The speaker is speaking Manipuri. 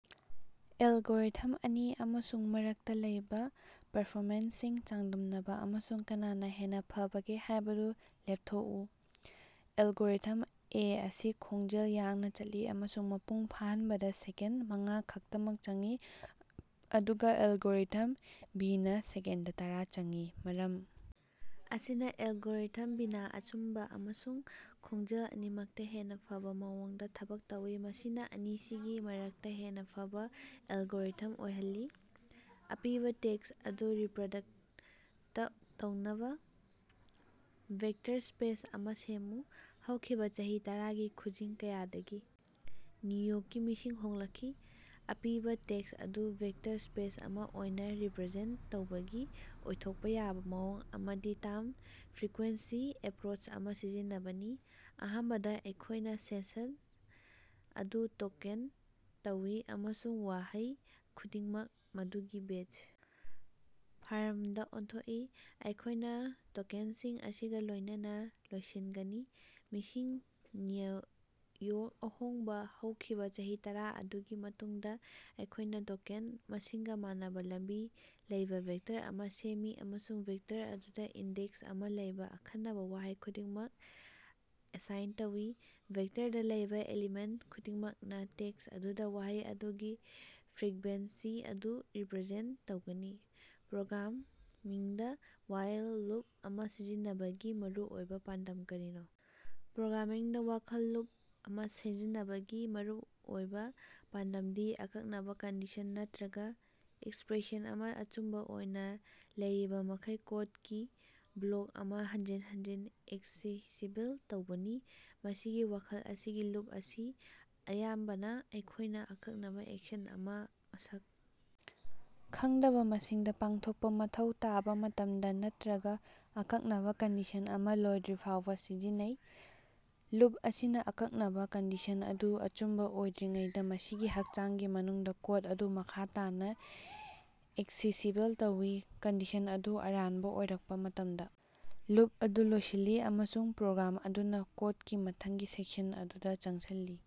ꯑꯦꯜꯒꯣꯔꯤꯊꯝ ꯑꯅꯤ ꯑꯃꯁꯨꯡ ꯃꯔꯛꯇꯥ ꯂꯩꯕꯥ ꯄꯔꯐꯣꯃꯦꯟꯁꯁꯤꯡ ꯆꯥꯡꯗꯝꯅꯕꯥ ꯑꯃꯁꯨꯡ ꯀꯅꯥꯅꯥ ꯍꯦꯟꯅꯥ ꯐꯕꯒꯦ ꯍꯥꯏꯕꯗꯨ ꯂꯦꯞꯊꯣꯛꯎ꯫ ꯑꯦꯜꯒꯣꯔꯤꯊꯝ ꯑꯦ ꯑꯁꯤ ꯈꯣꯡꯖꯦꯜ ꯌꯥꯡꯅꯥ ꯆꯠꯂꯤ ꯑꯃꯁꯨꯡ ꯃꯄꯨꯡ ꯐꯥꯍꯟꯕꯗꯥ ꯁꯦꯀꯦꯟꯗ ꯃꯉꯥ ꯈꯛꯇꯃꯛ ꯆꯪꯏ, ꯑꯗꯨꯒꯥ ꯑꯦꯜꯒꯣꯔꯤꯊꯝ ꯕꯤꯅ ꯁꯦꯀꯦꯟꯗ ꯇꯔꯥ ꯆꯪꯏ꯫ ꯃꯔꯝ ꯑꯁꯤꯅꯥ ꯑꯦꯜꯒꯣꯔꯤꯊꯝ ꯕꯤꯅꯥ ꯑꯆꯨꯝꯕꯥ ꯑꯃꯁꯨꯡ ꯈꯣꯡꯖꯦꯜ ꯑꯅꯤꯃꯛꯇꯥ ꯍꯦꯟꯅꯥ ꯐꯕꯥ ꯃꯑꯣꯡꯗꯥ ꯊꯕꯛ ꯇꯧꯏ, ꯃꯁꯤꯅꯥ ꯑꯅꯤꯁꯤꯒꯤ ꯃꯔꯛꯇꯥ ꯍꯦꯟꯅꯥ ꯐꯕꯥ ꯑꯦꯜꯒꯣꯔꯤꯊꯝ ꯑꯣꯏꯍꯜꯂꯤ꯫ ꯑꯄꯤꯕꯥ ꯇꯦꯛꯁ ꯑꯗꯨ ꯔꯤꯄ꯭ꯔꯗꯛꯇ ꯇꯧꯅꯕꯥ ꯚꯦꯛꯇꯔ ꯁ꯭ꯄꯦꯁ ꯑꯃꯥ ꯁꯦꯝꯃꯨ꯫ ꯍꯧꯈꯤꯕꯥ ꯆꯍꯤ ꯇꯔꯥꯒꯤ ꯈꯨꯖꯤꯡ ꯀꯌꯥꯗꯒꯤ ꯅ꯭ꯌꯨ ꯌꯣꯛꯀꯤ ꯃꯤꯁꯤꯡ ꯍꯣꯡꯂꯛꯈꯤ꯫ ꯑꯄꯤꯕꯥ ꯇꯦꯛꯁ ꯑꯗꯨ ꯚꯦꯛꯇꯔ ꯁ꯭ꯄꯦꯁ ꯑꯃꯥ ꯑꯣꯏꯅꯥ ꯔꯤꯄ꯭ꯔꯖꯦꯟꯇ ꯇꯧꯕꯒꯤ ꯑꯣꯏꯊꯣꯛꯄꯥ ꯌꯥꯕꯥ ꯃꯑꯣꯡ ꯑꯃꯗꯤ ꯇꯥꯝ ꯐ꯭ꯔꯤꯀ꯭ꯋꯦꯟꯁꯤ ꯑꯦꯄ꯭ꯔꯣꯆ ꯑꯃꯥ ꯁꯤꯖꯤꯟꯅꯕꯅꯤ꯫ ꯑꯍꯥꯟꯕꯗꯥ ꯑꯩꯈꯣꯏꯅꯥ ꯁꯦꯟꯁꯟ ꯑꯗꯨ ꯇꯣꯀꯦꯟ ꯇꯧꯏ ꯑꯃꯁꯨꯡ ꯋꯥꯍꯩ ꯈꯨꯗꯤꯡꯃꯛ ꯃꯗꯨꯒꯤ ꯕꯦꯖ ꯐꯥꯔꯝꯗꯥ ꯑꯣꯟꯊꯣꯛꯏ꯫ ꯑꯩꯈꯣꯏꯅꯥ ꯇꯣꯀꯦꯟꯁꯤꯡ ꯑꯁꯤꯒꯥ ꯂꯣꯏꯅꯅꯥ ꯂꯣꯏꯁꯤꯟꯒꯅꯤ꯫ ꯃꯤꯁꯤꯡ, ꯅ꯭ꯌꯨ ꯌꯣꯔꯛ, ꯑꯍꯣꯡꯕꯥ, ꯍꯧꯈꯤꯕꯥ, ꯆꯍꯤ ꯇꯔꯥ ꯃꯗꯨꯒꯤ ꯃꯇꯨꯡꯗꯥ ꯑꯩꯈꯣꯏꯅꯥ ꯇꯣꯀꯦꯟ ꯃꯁꯤꯡꯒꯥ ꯃꯥꯟꯅꯕꯥ ꯂꯝꯕꯤ ꯂꯩꯕꯥ ꯚꯦꯛꯇꯔ ꯑꯃꯥ ꯁꯦꯝꯃꯤ ꯑꯃꯁꯨꯡ ꯚꯦꯛꯇꯔ ꯑꯗꯨꯗꯥ ꯏꯟꯗꯦꯛꯁ ꯑꯃꯥ ꯂꯩꯕꯥ ꯑꯈꯟꯅꯕꯥ ꯋꯥꯍꯩ ꯈꯨꯗꯤꯡꯃꯛ ꯑꯦꯁꯥꯏꯟ ꯇꯧꯏ꯫ ꯚꯦꯛꯇꯔꯗꯥ ꯂꯩꯕꯥ ꯑꯦꯂꯤꯃꯦꯟꯇ ꯈꯨꯗꯤꯡꯃꯛꯅꯥ ꯇꯦꯛꯁ ꯑꯗꯨꯗꯥ ꯋꯥꯍꯩ ꯑꯗꯨꯒꯤ ꯐ꯭ꯔꯤꯛꯕꯦꯟꯁꯤ ꯑꯗꯨ ꯔꯤꯄ꯭ꯔꯖꯦꯟꯇ ꯇꯧꯒꯅꯤ꯫ ꯄ꯭ꯔꯣꯒ꯭ꯔꯥꯃꯤꯡꯗꯥ ꯋꯥꯏꯜ ꯂꯨꯞ ꯑꯃꯥ ꯁꯤꯖꯤꯟꯅꯕꯒꯤ ꯃꯔꯨꯑꯣꯏꯕꯥ ꯄꯥꯟꯗꯝ ꯀꯔꯤꯅꯣ? ꯄ꯭ꯔꯣꯒ꯭ꯔꯥꯃꯤꯡꯗꯥ ꯋꯥꯏꯜ ꯂꯨꯞ ꯑꯃꯥ ꯁꯤꯖꯤꯟꯅꯕꯒꯤ ꯃꯔꯨꯑꯣꯏꯕꯥ ꯄꯥꯟꯗꯝꯗꯤ ꯑꯀꯛꯅꯕꯥ ꯀꯟꯗꯤꯁꯟ ꯅꯠꯇ꯭ꯔꯒꯥ ꯑꯦꯛꯁꯄ꯭ꯔꯦꯁꯟ ꯑꯃꯥ ꯑꯆꯨꯝꯕꯥ ꯑꯣꯏꯅꯥ ꯂꯩꯔꯤꯕꯃꯈꯩ ꯀꯣꯠꯀꯤ ꯕ꯭ꯂꯣꯛ ꯑꯃꯥ ꯍꯟꯖꯤꯟ ꯍꯟꯖꯤꯟ ꯑꯦꯛꯁꯦꯁꯤꯕꯜ ꯇꯧꯕꯅꯤ꯫ ꯃꯁꯤꯒꯤ ꯃꯈꯜ ꯑꯁꯤꯒꯤ ꯂꯨꯞ ꯑꯁꯤ ꯑꯌꯥꯝꯕꯅꯥ ꯑꯩꯈꯣꯏꯅꯥ ꯑꯀꯛꯅꯕꯥ ꯑꯦꯛꯁꯟ ꯑꯃꯥ ꯃꯁꯛ ꯈꯪꯗꯕꯥ ꯃꯁꯤꯡꯗꯥ ꯄꯥꯡꯊꯣꯛꯄꯥ ꯃꯊꯧ ꯇꯥꯕꯥ ꯃꯇꯝꯗꯥ, ꯅꯠꯇ꯭ꯔꯒꯥ ꯑꯀꯛꯅꯕꯥ ꯀꯟꯗꯤꯁꯟ ꯑꯃꯥ ꯂꯣꯏꯗ꯭ꯔꯤꯐꯥꯎꯕꯥ ꯁꯤꯖꯤꯟꯅꯩ꯫ ꯂꯨꯞ ꯑꯁꯤꯅꯥ ꯑꯀꯛꯅꯕꯥ ꯀꯟꯗꯤꯁꯟ ꯑꯗꯨ ꯑꯆꯨꯝꯕꯥ ꯑꯣꯏꯗ꯭ꯔꯤꯉꯩꯗꯥ ꯃꯁꯤꯒꯤ ꯍꯛꯆꯥꯡꯒꯤ ꯃꯅꯨꯡꯗꯥ ꯀꯣꯠ ꯑꯗꯨ ꯃꯈꯥ ꯇꯥꯅꯥ ꯑꯦꯛꯁꯦꯁꯤꯕꯜ ꯇꯧꯏ꯫ ꯀꯟꯗꯤꯁꯟ ꯑꯗꯨ ꯑꯔꯥꯟꯕꯥ ꯑꯣꯏꯔꯛꯄꯥ ꯃꯇꯝꯗꯥ, ꯂꯨꯞ ꯑꯗꯨ ꯂꯣꯏꯁꯤꯜꯂꯤ ꯑꯃꯁꯨꯡ ꯄ꯭ꯔꯣꯒ꯭ꯔꯥꯝ ꯑꯗꯨꯅꯥ ꯀꯣꯠꯀꯤ ꯃꯊꯪꯒꯤ ꯁꯦꯛꯁꯟ ꯑꯗꯨꯗꯥ ꯆꯪꯁꯤꯜꯂꯤ꯫